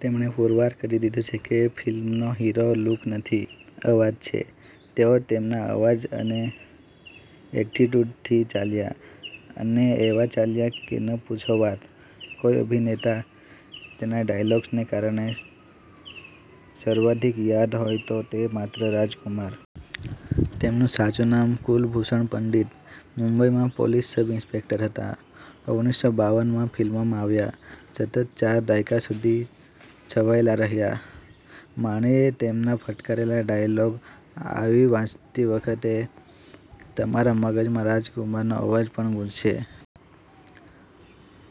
તેમણે પુરવાર કરી દીધું કે ફિલ્મનો હીરો લૂક નથી, અવાજ છે. તેઓ તેમના અવાજ અને એટીટ્યુડથી ચાલ્યા. અને એવા ચાલ્યા કે ન પૂછો વાત. કોઈ અભિનેતા તેના ડાયલોગ્સને કારણે સર્વાધિક યાદ હોય તો તે માત્ર રાજકુમાર. તેમનું સાચું નામ કુલભૂષણ પંડિત. મુંબઈમાં પોલીસ સબ ઇન્સ્પેક્ટર હતા. ઓગણીસો બાવનમાં ફિલ્મોમાં આવ્યા. સતત ચાર દાયકા સુધી છવાયેલા રહ્યા. માણીએ તેમના ફટકારેલા ડાયોલોગ આવી વાંચતી વખતે તમારા મગજમાં રાજકુમારનો અવાજ પણ ગૂંજશે.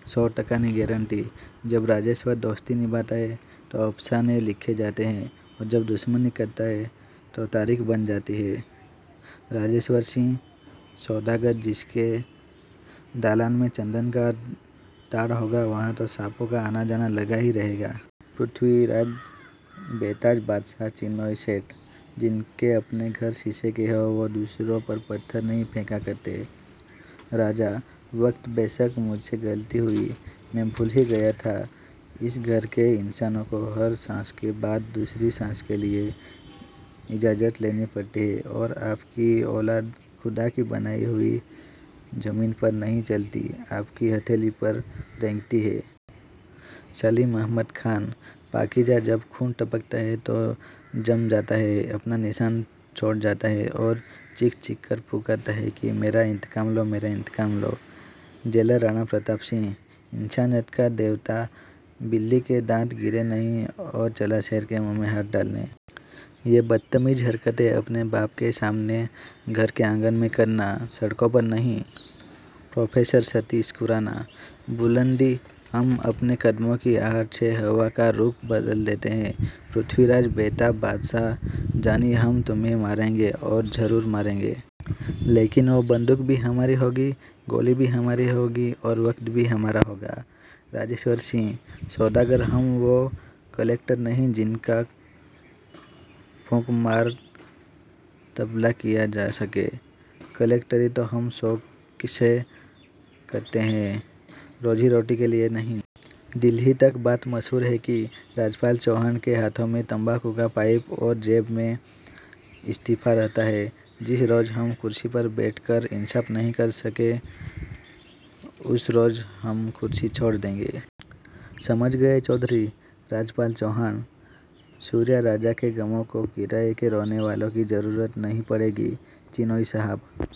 સો ટકાની ગેરેન્ટી, જબ રાજેશ્વર દોસ્તી નિભાતા હૈ તો અફસાને લિખે જાતે હૈ ઔર જબ દુશ્મની કરતા હૈ તો તારીખ બન જાતી હૈ. રાજેશ્વર સિંહ, સૌદાગર જિસકે દાલાન મેં ચંદન કા તાડ હોગા વહાં તો સાંપો કા આના-જાના લગા હી રહેગા. પૃથ્વીરાજ, બેતાજ બાદશાહ ચિનૉય સેઠ, જિનકે અપને ઘર શીશે કે હોં, વો દૂસરો પર પથ્થર નહીં ફેંકા કરતે. રાજા, વક્ત બેશક મુઝસે ગલતી હુઈ, મેં ભૂલ હી ગયા થા, ઇસ ઘર કે ઇન્સાનો કો હર સાંસ કે બાદ દૂસરી સાંસ કે લિયે ઇજાઝત લેની પડતી હૈ ઔર આપકી ઔલાદ ખુદા કી બનાઈ હુઈ જમીન પર નહીં ચલતી, આપકી હથેલી પર રેંગતી હૈ. સલીમ અહમદ ખાન, પાકીઝા જબ ખૂન ટપકતા હૈ તો જમ જાતા હૈ, અપના નિશાન છોડ જાતા હૈ ઔર ચીખ-ચીખકર પુકારતા હૈ કિ મેરા ઇંતકામ લો, મેરા ઇંતકામ લો. જેલર રાણા પ્રતાપ સિંહ, ઇંસાનિયત કા દેવતા બિલ્લી કે દાંત ગિરે નહીં ઔર ચલા શેર કે મુંહ મેં હાથ ડાલને. યે બદ્તમીઝ હરકતેં અપને બાપ કે સામને ઘર કે આંગન મેં કરના, સડકો પર નહીં. પ્રોફેસર સતીશ ખુરાના, બુલંદી હમ અપને કદમો કી આહટ સે હવા કા રુખ બદલ દેતે હૈ. પૃથ્વીરાજ, બેતાજ બાદશાહ જાની હમ તુમ્હે મારેંગે, ઔર ઝરુર મારેંગે. લેકિન વો બંદૂક ભી હમારી હોગી, ગોલી ભી હમારી હોગી ઔર વક્ત ભી હમારા હોગા. રાજેશ્વર સિંહ, સૌદાગર હમ વો કલેક્ટર નહીં જિનકા ફૂંક માર તબલા કિયા જા સકે. કલેક્ટરી તો હમ શૌક સે કરતે હૈ, રોઝી-રોટી કે લિયે નહીં. દિલ્હી તક બાત મશહૂર હૈ કિ રાજપાલ ચૌહાન કે હાથો મેં તંબાકૂ કા પાઇપ ઔર જેબ મેં ઇસ્તીફા રહતા હૈ. જિસ રોઝ હમ કુર્સી પર બૈઠ કર ઇન્સાફ નહીં કર સકે ઉસ રોઝ હમ કુર્સી છોડ દેંગે. સમજ ગયે ચૌધરી! રાજપાલ ચૌહાન, સૂર્યા રાજા કે ગમો કો કિરાએ કે રોને વાલો કી જરુરત નહીં પડેગી ચિનૉઇ સાહબ.